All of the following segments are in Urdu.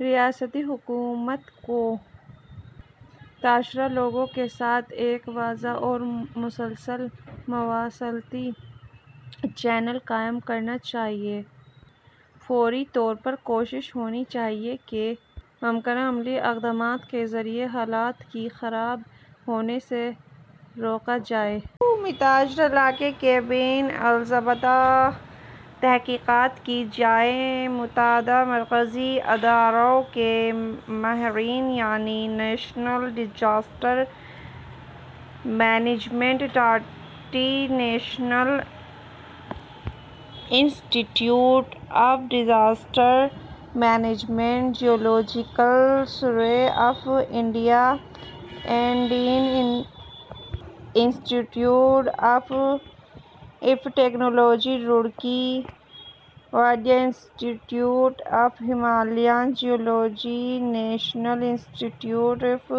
ریاستی حکومت کو متاثرہ لوگوں کے ساتھ ایک واضح اور مسلسل مواصلاتی چینل قائم کرنا چاہیے۔ فوری طور پر کوشش ہونی چاہیے کہ ممکنہ عملی اقدامات کے ذریعے حالات کی خراب ہونے سے روکا جائے۔ متاثرہ علاقے کی بین الضابطہ تحقیقات کی جائیں۔ متعدد مرکزی اداروں کے ماہرین یعنی national disaster management authority, national institute of disaster management, geological survey of India, Indian institute of technology Roorkee, Wadia institute of Himalayan geology, national institute of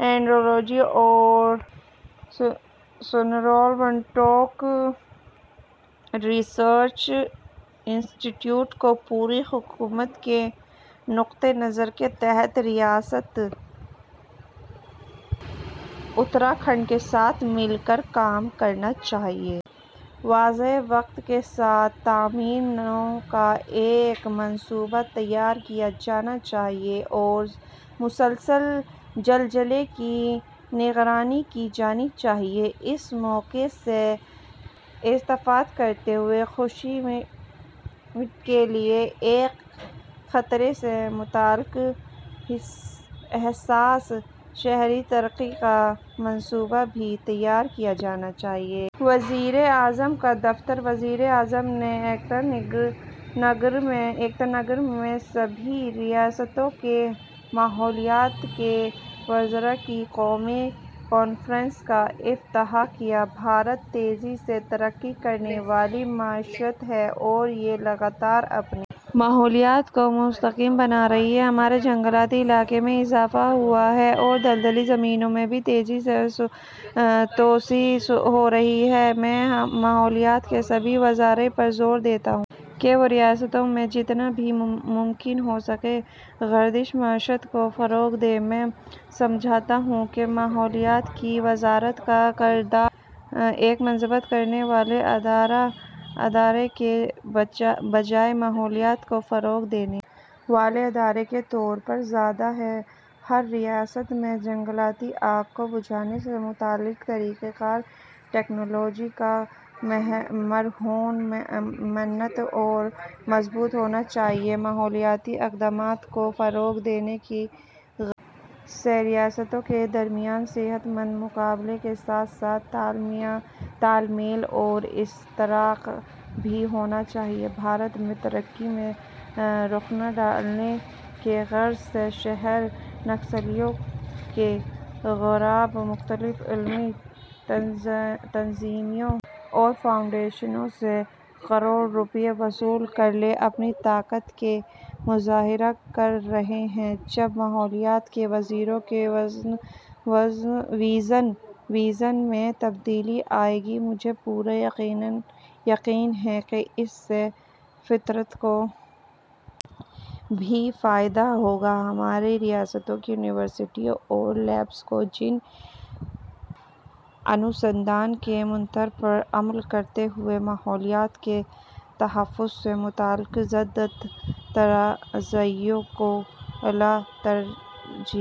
hydrology اور central building research institute کو ''پوری حکومت'' کے نقطہ نظر کے تحت ریاست اتراکھنڈ کے ساتھ مل کر کام کرنا چاہئے۔ واضح وقت کے ساتھ تعمیر نو کا ایک منصوبہ تیار کیا جانا چاہیے اور مسلسل زلزلے کی نگرانی کی جانی چاہیے۔ اس موقع سے استفادہ کرتے ہوئے جوشی مٹھ کے لیے ایک خطرے سے متعلق حسّاس شہری ترقی کا منصوبہ بھی تیار کیا جانا چاہیے۔ وزیراعظم کا دفتر وزیر اعظم نے ایکتا نگر میں سبھی ریاستوں کے ماحولیات کے وزراء کی قومی کانفرنس کا افتتاح کیا ''بھارت تیزی سے ترقی کرنے والی معیشت ہے اور یہ لگاتار اپنے ماحولیات کو مستحکم بنا رہی ہے'' ''ہمارے جنگلاتی علاقے میں اضافہ ہوا ہے اور دلدلی زمینوں میں بھی تیزی سے توسیع ہو رہی ہے'' میں ماحولیات کے سبھی وزراء پر زور دیتا ہوں کہ وہ ریاستوں میں جتنا بھی ممکن ہوسکے گردشی معیشت کو فروغ دیں'' ''میں سمجھتا ہوں کہ ماحولیات کی وزارت کا کردار، ایک منضبط کرنے والے ادارے کے بجائے ماحولیات کو فروغ دینے والے ادارے کے طور پر زیادہ ہے'' ''ہر ریاست میں جنگلاتی آگ کو بجھانے سے متعلق طریق کار، ٹیکنالوجی کا مرہونِ منت اور مضبوط ہونا چاہئے'' ''ماحولیاتی اقدامات کو فروغ دینے کی غرض سے ریاستوں کے درمیان صحت مند مقابلے کے ساتھ ساتھ تال میل اور اشتراک بھی ہونا چاہئے'' ''بھارت میں ترقی میں رخنہ ڈالنے کی غرض سے، شہری نکسلیوں کے گروپ، مختلف عالمی تنظیموں اور فاؤنڈیشنوں سے کروڑ روپئے وصول کرکے، اپنی طاقت کا مظاہرہ کر رہے ہیں'' ''جب ماحولیات کے وزیروں کے وژن میں تبدیلی آئے گی، مجھے پورا یقین ہے کہ اس سے فطرت کو بھی فائدہ ہوگا'' ''ہماری ریاستوں کی یونیورسٹیوں اور لیبس کو ''جن انوسندھان'' کے منتر پر عمل کرتے ہوئے ماحولیات کے تحفظ سے متعلق جدت طرازیوں کو اعلیٰ ترجیح